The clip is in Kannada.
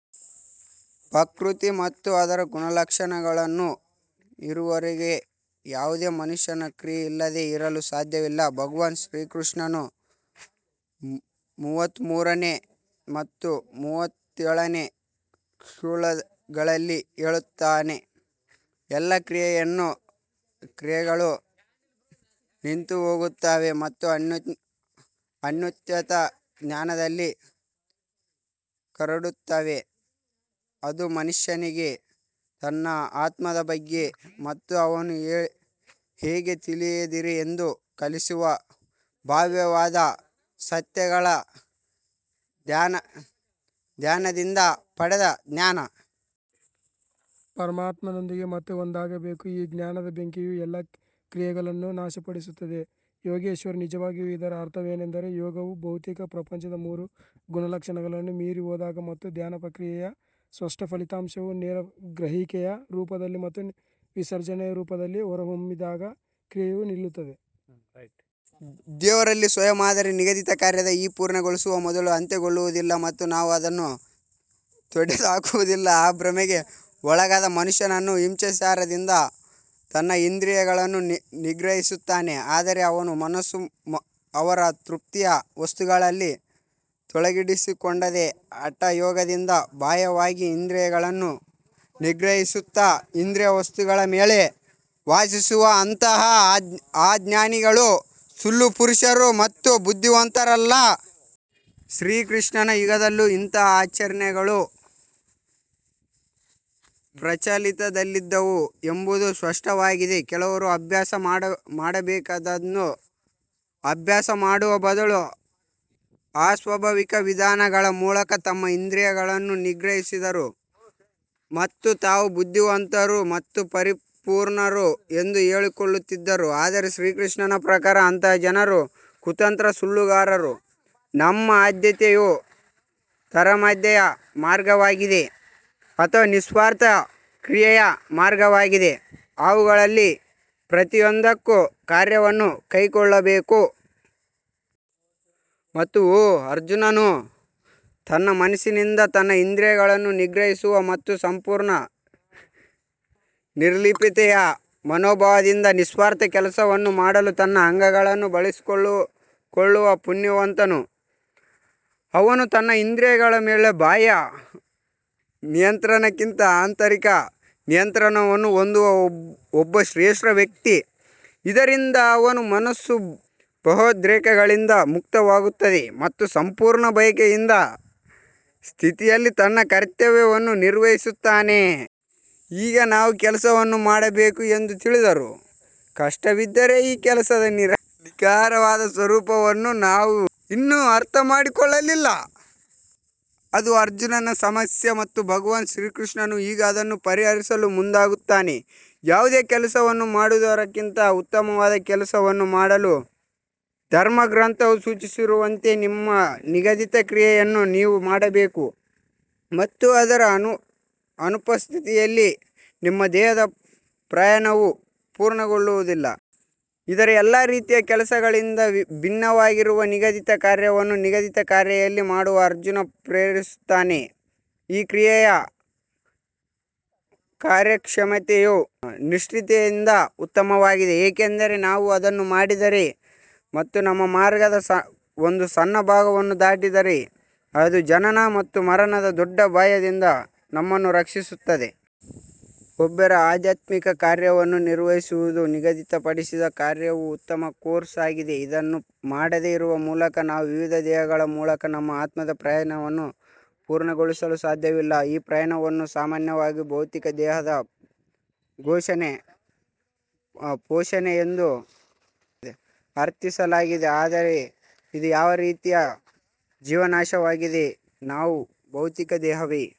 ಪ್ರಕೃತಿ ಮತ್ತು ಅದರ ಗುಣಲಕ್ಷಣಗಳು ಇರುವವರೆಗೆ ಯಾವುದೇ ಮನುಷ್ಯನು ಕ್ರಿಯೆಯಿಲ್ಲದೆ ಇರಲು ಸಾಧ್ಯವಿಲ್ಲ ಭಗವಾನ್ ಕೃಷ್ಣನು ರ ಮೂವತ್ತಮೂರನೇ ಮತ್ತು ಮೂವತ್ತೇಳನೇ ಶ್ಲೋಕಗಳಲ್ಲಿ ಹೇಳುತ್ತಾನೆ, ಎಲ್ಲಾ ಕ್ರಿಯೆಗಳು ನಿಂತುಹೋಗುತ್ತವೆ ಮತ್ತು ಅತ್ಯುನ್ನತ ಜ್ಞಾನದಲ್ಲಿ ಕರಗುತ್ತವೆ, ಅದು ಮನುಷ್ಯನಿಗೆ ತನ್ನ ಆತ್ಮದ ಬಗ್ಗೆ ಮತ್ತು ಅವನು ಹೇಗೆ ತಿಳಿದಿರಲಿ ಎಂದು ಕಲಿಸುವ ಭವ್ಯವಾದ ಸತ್ಯಗಳ ಧ್ಯಾನದಿಂದ ಪಡೆದ ಜ್ಞಾನ. ಪರಮಾತ್ಮನೊಂದಿಗೆ ಮತ್ತೆ ಒಂದಾಗಬೇಕು ಈ ಜ್ಞಾನದ ಬೆಂಕಿಯು ಎಲ್ಲಾ ಕ್ರಿಯೆಗಳನ್ನು ನಾಶಪಡಿಸುತ್ತದೆ ಯೋಗೇಶ್ವರ್ ನಿಜವಾಗಿಯೂ ಇದರ ಅರ್ಥವೇನೆಂದರೆ, ಯೋಗವು ಭೌತಿಕ ಪ್ರಪಂಚದ ಮೂರು ಗುಣಲಕ್ಷಣಗಳನ್ನು ಮೀರಿ ಹೋದಾಗ ಮತ್ತು ಧ್ಯಾನ ಪ್ರಕ್ರಿಯೆಯ ಸ್ಪಷ್ಟ ಫಲಿತಾಂಶವು ನೇರ ಗ್ರಹಿಕೆಯ ರೂಪದಲ್ಲಿ ಮತ್ತು ವಿಸರ್ಜನೆಯ ರೂಪದಲ್ಲಿ ಹೊರಹೊಮ್ಮಿದಾಗ ಕ್ರಿಯೆಯು ನಿಲ್ಲುತ್ತದೆ. ದೇವರಲ್ಲಿ ಸ್ವಯಂ ಆದರೆ ನಿಗದಿತ ಕಾರ್ಯದ ಈ ಪೂರ್ಣಗೊಳ್ಳುವ ಮೊದಲು ಅಂತ್ಯಗೊಳ್ಳುವುದಿಲ್ಲ ಮತ್ತು ನಾವು ಅದನ್ನು ತೊಡೆದುಹಾಕುವುದಿಲ್ಲ ಆ ಭ್ರಮೆಗೆ ಒಳಗಾದ ಮನುಷ್ಯನು ಹಿಂಸಾಚಾರದಿಂದ ತನ್ನ ಇಂದ್ರಿಯಗಳನ್ನು ನಿಗ್ರಹಿಸುತ್ತಾನೆ ಆದರೆ ಅವನ ಮನಸ್ಸು ಅವರ ತೃಪ್ತಿಯ ವಸ್ತುಗಳಲ್ಲಿ ತೊಡಗಿಸಿಕೊಂಡಿದೆ. ಹಠಯೋಗದಿಂದ ಬಾಹ್ಯವಾಗಿ ಇಂದ್ರಿಯಗಳನ್ನು ನಿಗ್ರಹಿಸುತ್ತಾ ಇಂದ್ರಿಯ ವಸ್ತುಗಳ ಮೇಲೆ ವಾಸಿಸುವ ಅಂತಹ ಅಜ್ಞಾನಿಗಳು ಸುಳ್ಳು ಪುರುಷರು ಮತ್ತು ಬುದ್ಧಿವಂತರಲ್ಲ. ಶ್ರೀಕೃಷ್ಣನ ಯುಗದಲ್ಲೂ ಇಂತಹ ಆಚರಣೆಗಳು ಪ್ರಚಲಿತದಲ್ಲಿದ್ದವು ಎಂಬುದು ಸ್ಪಷ್ಟವಾಗಿದೆ ಕೆಲವರು ಅಭ್ಯಾಸ ಮಾಡಬೇಕಾದುದನ್ನು ಅಭ್ಯಾಸ ಮಾಡುವ ಬದಲು ಅಸ್ವಾಭಾವಿಕ ವಿಧಾನಗಳ ಮೂಲಕ ತಮ್ಮ ಇಂದ್ರಿಯಗಳನ್ನು ನಿಗ್ರಹಿಸಿದರು ಮತ್ತು ತಾವು ಬುದ್ಧಿವಂತರು ಮತ್ತು ಪರಿಪೂರ್ಣರು ಎಂದು ಹೇಳಿಕೊಳ್ಳುತ್ತಿದ್ದರು. ಆದರೆ ಶ್ರೀಕೃಷ್ಣನ ಪ್ರಕಾರ ಅಂತಹ ಜನರು ಕುತಂತ್ರ ಸುಳ್ಳುಗಾರರು ನಮ್ಮ ಆದ್ಯತೆಯು ತಾರತಮ್ಯದ ಮಾರ್ಗವಾಗಲಿ ಅಥವಾ ನಿಸ್ವಾರ್ಥ ಕ್ರಿಯೆಯ ಮಾರ್ಗವಾಗಲಿ ಅವುಗಳಲ್ಲಿ ಪ್ರತಿಯೊಂದಕ್ಕೂ ಕಾರ್ಯವನ್ನು ಕೈಗೊಳ್ಳಬೇಕು. ಮತ್ತು ಓ ಅರ್ಜುನನು ತನ್ನ ಮನಸ್ಸಿನಿಂದ ತನ್ನ ಇಂದ್ರಿಯಗಳನ್ನು ನಿಗ್ರಹಿಸುವ ಮತ್ತು ಸಂಪೂರ್ಣ ನಿರ್ಲಿಪ್ತತೆಯ ಮನೋಭಾವದಿಂದ ನಿಸ್ವಾರ್ಥ ಕೆಲಸವನ್ನು ಮಾಡಲು ತನ್ನ ಅಂಗಗಳನ್ನು ಬಳಸಿಕೊಳ್ಳುವ ಪುಣ್ಯವಂತನು ಅವನು ತನ್ನ ಇಂದ್ರಿಯಗಳ ಮೇಲೆ ಬಾಹ್ಯ ನಿಯಂತ್ರಣಕ್ಕಿಂತ ಆಂತರಿಕ ನಿಯಂತ್ರಣವನ್ನು ಹೊಂದುವ ಒಬ್ಬ ಶ್ರೇಷ್ಠ ವ್ಯಕ್ತಿ, ಇದರಿಂದ ಅವನ ಮನಸ್ಸು ಭಾವೋದ್ರೇಕಗಳಿಂದ ಮುಕ್ತವಾಗುತ್ತದೆ ಮತ್ತು ಸಂಪೂರ್ಣ ಬಯಕೆಯಿಲ್ಲದ ಸ್ಥಿತಿಯಲ್ಲಿ ತನ್ನ ಕರ್ತವ್ಯವನ್ನು ನಿರ್ವಹಿಸುತ್ತಾನೆ. ಈಗ ನಾವು ಕೆಲಸವನ್ನು ಮಾಡಬೇಕು ಎಂದು ತಿಳಿದಿದ್ದರೂ ಕಷ್ಟವೆಂದರೆ ಈ ಕೆಲಸದ ನಿಖರವಾದ ಸ್ವರೂಪವನ್ನು ನಾವು ಇನ್ನೂ ಅರ್ಥಮಾಡಿಕೊಳ್ಳಲಾಗಿಲ್ಲ. ಅದು ಅರ್ಜುನನ ಸಮಸ್ಯೆ ಮತ್ತು ಭಗವಾನ್ ಕೃಷ್ಣನು ಈಗ ಅದನ್ನು ಪರಿಹರಿಸಲು ಮುಂದಾಗುತ್ತಾನೆ ಯಾವುದೇ ಕೆಲಸವನ್ನು ಮಾಡದಿರುವದಕ್ಕಿಂತ ಉತ್ತಮವಾದ ಕೆಲಸವನ್ನು ಮಾಡಲು ಧರ್ಮಗ್ರಂಥವು ಸೂಚಿಸಿರುವಂತೆ ನಿಮ್ಮ ನಿಗದಿತ ಕ್ರಿಯೆಯನ್ನು ನೀವು ಮಾಡಬೇಕು ಮತ್ತು ಅದರ ಅನುಪಸ್ಥಿತಿಯಲ್ಲಿ ನಿಮ್ಮ ದೇಹದ ಪ್ರಯಾಣವೂ ಪೂರ್ಣಗೊಳ್ಳುವುದಿಲ್ಲ. ಇತರ ಎಲ್ಲಾ ರೀತಿಯ ಕೆಲಸಗಳಿಗಿಂತ ಭಿನ್ನವಾಗಿರುವ ನಿಗದಿತ ಕಾರ್ಯವನ್ನು ನಿಗದಿತ ಕ್ರಿಯೆಯನ್ನು ಮಾಡಲು ಅರ್ಜುನ್ ಪ್ರೇರೇಪಿಸುತ್ತಾನೆ. ಈ ಕ್ರಿಯೆಯ ಕಾರ್ಯಕ್ಷಮತೆಯು ನಿಷ್ಕ್ರಿಯತೆಗಿಂತ ಉತ್ತಮವಾಗಿದೆ ಏಕೆಂದರೆ ನಾವು ಅದನ್ನು ಮಾಡಿದರೆ ಮತ್ತು ನಮ್ಮ ಮಾರ್ಗದ ಒಂದು ಸಣ್ಣ ಭಾಗವನ್ನು ದಾಟಿದರೆ ಅದು ಜನನ ಮತ್ತು ಮರಣದ ದೊಡ್ಡ ಭಯದಿಂದ ನಮ್ಮನ್ನು ರಕ್ಷಿಸುತ್ತದೆ. ಒಬ್ಬರ ಆಧ್ಯಾತ್ಮಿಕ ಕರ್ತವ್ಯವನ್ನು ನಿರ್ವಹಿಸುವುದು, ನಿಗದಿಪಡಿಸಿದ ಕ್ರಿಯೆಯು ಉತ್ತಮ ಕೋರ್ಸ್ ಆಗಿದೆ ಇದನ್ನು ಮಾಡದೆ ಇರುವ ಮೂಲಕ ನಾವು ವಿವಿಧ ದೇಹಗಳ ಮೂಲಕ ನಮ್ಮ ಆತ್ಮದ ಪ್ರಯಾಣವನ್ನು ಪೂರ್ಣಗೊಳಿಸಲು ಸಾಧ್ಯವಿಲ್ಲ ಈ ಪ್ರಯಾಣವನ್ನು ಸಾಮಾನ್ಯವಾಗಿ ಭೌತಿಕ ದೇಹದ ಪೋಷಣೆ ಎಂದು ಅರ್ಥೈಸಲಾಗುತ್ತದೆ ಆದರೆ ಇದು ಯಾವ ರೀತಿಯ ಜೀವನಾಂಶವಾಗಿದೆ ನಾವು ಭೌತಿಕ ದೇಹವೇ.